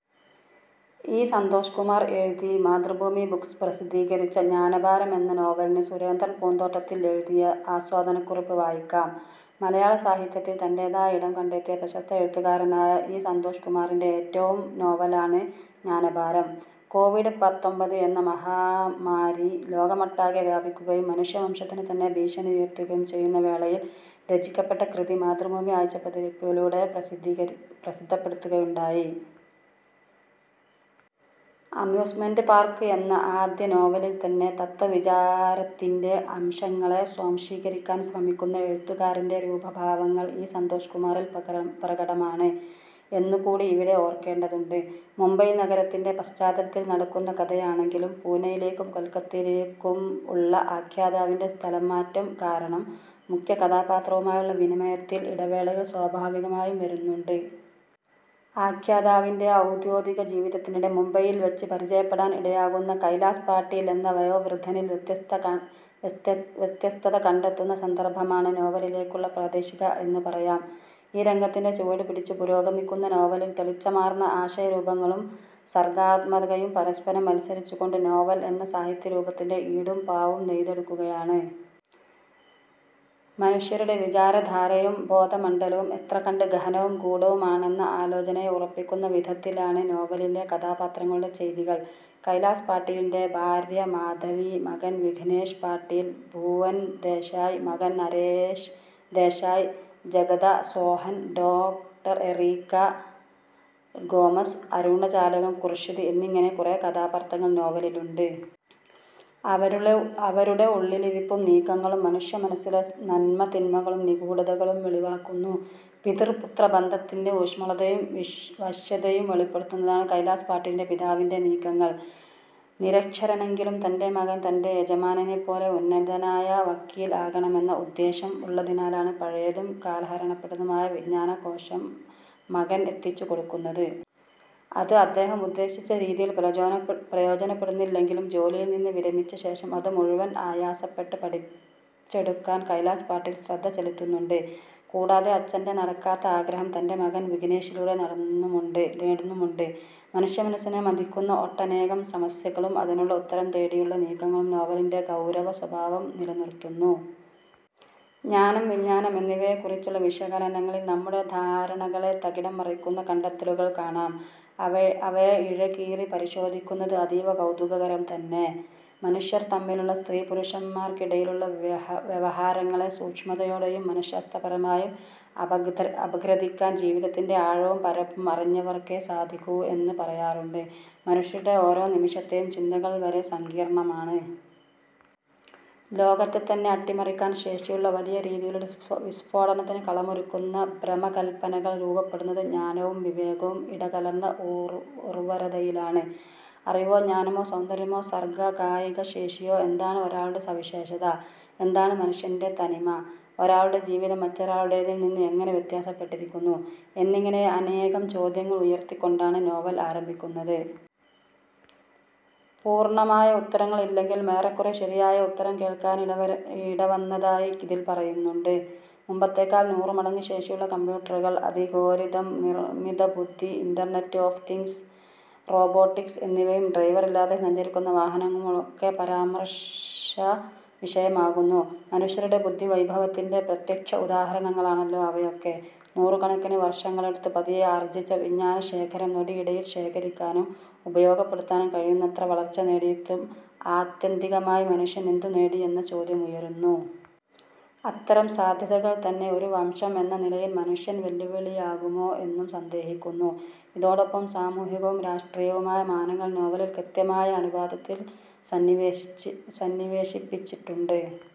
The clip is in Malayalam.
ഇ. സന്തോഷ്കുമാർ എഴുതി മാതൃഭൂമി ബുക്സ് പ്രസിദ്ധീകരിച്ച ' ജ്ഞാനഭാരം ' എന്ന നോവലിന് സുരേന്ദ്രൻ പൂന്തോട്ടത്തിൽ എഴുതിയ ആസ്വാദനക്കുറിപ്പ് വായിക്കാം. മലയാള സാഹിത്യത്തിൽ തന്‍റേതായ ഇടം കണ്ടെത്തിയ പ്രശസ്ത എഴുത്തുകാരനായ ഇ. സന്തോഷ് കുമാറിന്‍റെ ഏറ്റവും നോവലാണ് '' ജ്ഞാനഭാരം ''. കോവിഡ് പത്തൊൻബത്ത് എന്ന മഹാമാരി ലോകമൊട്ടാകെ വ്യാപിക്കുകയും മനുഷ്യവംശത്തിനു തന്നെ ഭീഷണി ഉയർത്തുകയും ചെയ്യുന്ന വേളയിൽ രചിക്കപ്പെട്ട കൃതി മാതൃഭൂമി ആഴ്ചപ്പതിപ്പിലൂടെ പ്രസിദ്ധപ്പെടുത്തുകയുണ്ടായി. ' അമ്യൂസ്മെന്‍റ് പാർക്ക് ' എന്ന ആദ്യനോവലിൽ തന്നെ തത്വവിചാരത്തിന്റെ അംശങ്ങളെ സ്വാംശീകരിക്കാൻ ശ്രമിക്കുന്ന എഴുത്തുകാരന്‍റെ രൂപഭാവങ്ങൾ ഇ. സന്തോഷ്കുമാറിൽ പ്രകടമാണ് എന്ന് കൂടി ഇവിടെ ഓർക്കേണ്ടതുണ്ട്. മുംബൈ നഗരത്തിന്‍റെ പശ്ചാത്തലത്തിൽ നടക്കുന്ന കഥയാണെങ്കിലും പൂനയിലേക്കും കൊൽക്കത്തയിലേക്കും ഉള്ള ആഖ്യാതാവിന്‍റെ സ്ഥലംമാറ്റം കാരണം മുഖ്യകഥാപാത്രവുമായുള്ള വിനിമയത്തിൽ ഇടവേളകൾ സ്വാഭാവികമായും വരുന്നുണ്ട്. ആഖ്യാതാവിന്‍റെ ഔദ്യോഗിക ജീവിതത്തിനിടെ മുംബൈയിൽ വച്ച് പരിചയപ്പെടാൻ ഇടയാകുന്ന കൈലാസ് പാട്ടീൽ എന്ന വയോവൃദ്ധനിൽ വ്യത്യസ്തത കണ്ടെത്തുന്ന സന്ദർഭമാണ് നോവലിലേക്കുള്ള പ്രവേശിക എന്ന് പറയാം. ഈ രംഗത്തിന്‍റെ ചുവടുപിടിച്ചു പുരോഗമിക്കുന്ന നോവലിൽ തെളിച്ചമാർന്ന ആശയരൂപങ്ങളും സർഗാത്മകതയും പരസ്പരം മത്സരിച്ചുകൊണ്ട് ' നോവൽ ' എന്ന സാഹിത്യരൂപത്തിന്റെ ഊടും പാവും നെയ്തെടുക്കുകയാണ്. മനുഷ്യരുടെ വിചാരധാരയും ബോധമണ്ഡലവും എത്രകണ്ട് ഗഹനവും ഗൂഢവുമാണെന്ന ആലോചനയെ ഉറപ്പിക്കുന്നവിധത്തിലാണ് നോവലിലെ കഥാപാത്രങ്ങളുടെ ചെയ്തികൾ. കൈലാസ് പാട്ടീലിന്‍റെ ഭാര്യ മാധവി, മകൻ വിഘ്നേഷ് പാട്ടീൽ, ഭുവൻ ദേശായ്, മകൻ Naresh Desai, Jagada, Sohan, doctor. Erica Gomez Arunachalam Khurshid എന്നിങ്ങനെ കുറെ കഥാപാത്രങ്ങൾ നോവലിലുണ്ട്. അവരുടെ ഉള്ളിലിരിപ്പും നീക്കങ്ങളും മനുഷ്യമനസ്സിലെ നന്മതിന്മകളും നിഗൂഢതകളും വെളിവാക്കുന്നു. പിതൃ-പുത്ര ബന്ധത്തിന്‍റെ ഊഷ്മളതയും വശ്യതയും വെളിപ്പെടുന്നതാണ് കൈലാസ് പാട്ടീലിന്‍റെ പിതാവിന്‍റെ നീക്കങ്ങൾ. നിരക്ഷരനെങ്കിലും തന്‍റെ മകൻ തന്‍റെ യജമാനനെ പോലെ ഉന്നതനായ വക്കീൽ ആകണമെന്ന ഉദ്ദേശ്യം ഉള്ളതിനാലാണ് പഴയതും കലഹരണപ്പെട്ടതും ആയ വിജ്ഞാനകോശം മകൻ എത്തിച്ചു കൊടുക്കുന്നത്. അത് അദ്ദേഹം ഉദ്ദേശിച്ച രീതിയിൽ പ്രയോജനപ്പെടുന്നില്ലെങ്കിലും, ജോലിയിൽ നിന്ന് വിരമിച്ച ശേഷം അതു മുഴുവൻ ആയാസപ്പെട്ട് പഠിച്ചെടുക്കാൻ കൈലാസ് പാട്ടീൽ ശ്രദ്ധ ചെലുത്തുന്നുണ്ട്. കൂടാതെ അച്ഛന്‍റെ നടക്കാത്ത ആഗ്രഹം തന്‍റെ മകൻ വിഘ്നേഷിലൂടെ നടന്നുമുണ്ട് നേടുന്നുമുണ്ട്. മനുഷ്യമനസ്സിനെ മഥിക്കുന്ന ഒട്ടനേകം സമസ്യകളും അതിനുള്ള ഉത്തരം തേടിയുള്ള നീക്കങ്ങളും നോവലിന്‍റെ ഗൗരവസ്വഭാവം നിലനിർത്തുന്നു. ജ്ഞാനം വിഞ്ഞാനം എന്നിവയെ കുറിച്ചുള്ള വിശകലനങ്ങളിൽ നമ്മുടെ ധാരണകളെ തകിടം മറിക്കുന്ന കണ്ടെത്തലുകൾ കാണാം. അവയെ ഇഴകീറി പരിശോധിക്കുന്നത് അതീവ കൗതുകതരം തന്നെ. മനുഷ്യർ തമ്മിലുള്ള -സ്ത്രീ, പുരുഷന്മാർക്കിടയിലുള്ള- വ്യവഹാരങ്ങളെ സൂക്ഷ്മതയോടെയും മന:ശാസ്ത്രപരമായും അപഗ്രഥിക്കാൻ ജീവിതത്തിന്‍റെ ആഴവും പരപ്പും അറിഞ്ഞവർക്കേ സാധിക്കൂ എന്ന് പറയാറുണ്ട്. മനുഷ്യരുടെ ഓരോ നിമിഷത്തെയും ചിന്തകൾ വരെ സങ്കീർണമാണ്. ലോകത്തെ തന്നെ അട്ടിമറിക്കാൻ ശേഷിയുള്ള, വലിയ രീതിയിലെ വിസ്ഫോടനത്തിനു കളമൊരുക്കുന്ന ഭ്രമകല്പനകൾ രൂപപ്പെടുന്നത് ജ്ഞാനവും വിവേകവും ഇടകലർന്ന ഉർവ്വരതയിലാണ്. അറിവോ ജ്ഞാനമോ സൗന്ദര്യമോ സർഗ്ഗകായികശേഷിയോ എന്താണ് ഒരാളുടെ സവിശേഷത? എന്താണ് മനുഷ്യന്‍റെ തനിമ? ഒരാളുടെ ജീവിതം മറ്റൊരാളുടേതിൽനിന്ന് എങ്ങനെ വ്യത്യാസപ്പെട്ടിരിക്കുന്നു? എന്നിങ്ങനെ അനേകം ചോദ്യങ്ങൾ ഉയർത്തിക്കൊണ്ടാണ് നോവൽ ആരംഭിക്കുന്നത്. പൂർണ്ണമായ ഉത്തരങ്ങൾ ഇല്ലെങ്കിലും ഏറെക്കുറെ ശരിയായ ഉത്തരം കേൾക്കാനിടവന്നതായി ഇതിൽ പറയുന്നുണ്ട്. മുമ്പത്തേക്കാൾ നൂറു മടങ്ങു ശേഷിയുള്ള കമ്പൂട്ടറുകൾ, അൽഗോരിതം, നിർമ്മിതബുദ്ധി, ഇന്റർനെറ്റ് ഓഫ് തിങ്ങ്സ്, റോബോട്ടിക്സ് എന്നിവയും ഡ്രൈവറില്ലാതെ സഞ്ചരിക്കുന്ന വാഹനങ്ങളും ഒക്കെ പരാമർശ വിഷയമാകുന്നു. മനുഷ്യരുടെ ബുദ്ധിവൈഭവത്തിന്റെ പ്രത്യക്ഷ ഉദാഹരണങ്ങളാണല്ലോ അവയൊക്കെ. നൂറുകണക്കിന് വർഷങ്ങളെടുത്ത് പതിയെ ആർജ്ജിച്ച വിജ്ഞാനശേഖരം നൊടിയിടയിൽ ശേഖരിക്കാനും ഉപയോഗപ്പെടുത്താനും കഴിയുന്നത്ര വളർച്ച നേടിയിട്ടും ആത്യന്തികമായി മനുഷ്യൻ എന്തുനേടി എന്ന ചോദ്യം ഉയരുന്നു. അത്തരം സാധ്യതകൾ തന്നെ ഒരു വംശം എന്ന നിലയിൽ മനുഷ്യൻ വെല്ലുവിളിയാകുമോ എന്നും സന്ദേഹിക്കുന്നു. ഇതോടൊപ്പം സാമൂഹികവും രാഷ്ട്രീയവുമായ മാനങ്ങൾ നോവലിൽ കൃത്യമായ അനുപാതത്തിൽ സന്നിവേശിച്ചുസന്നിവേശിപ്പിച്ചിട്ടുണ്ട്.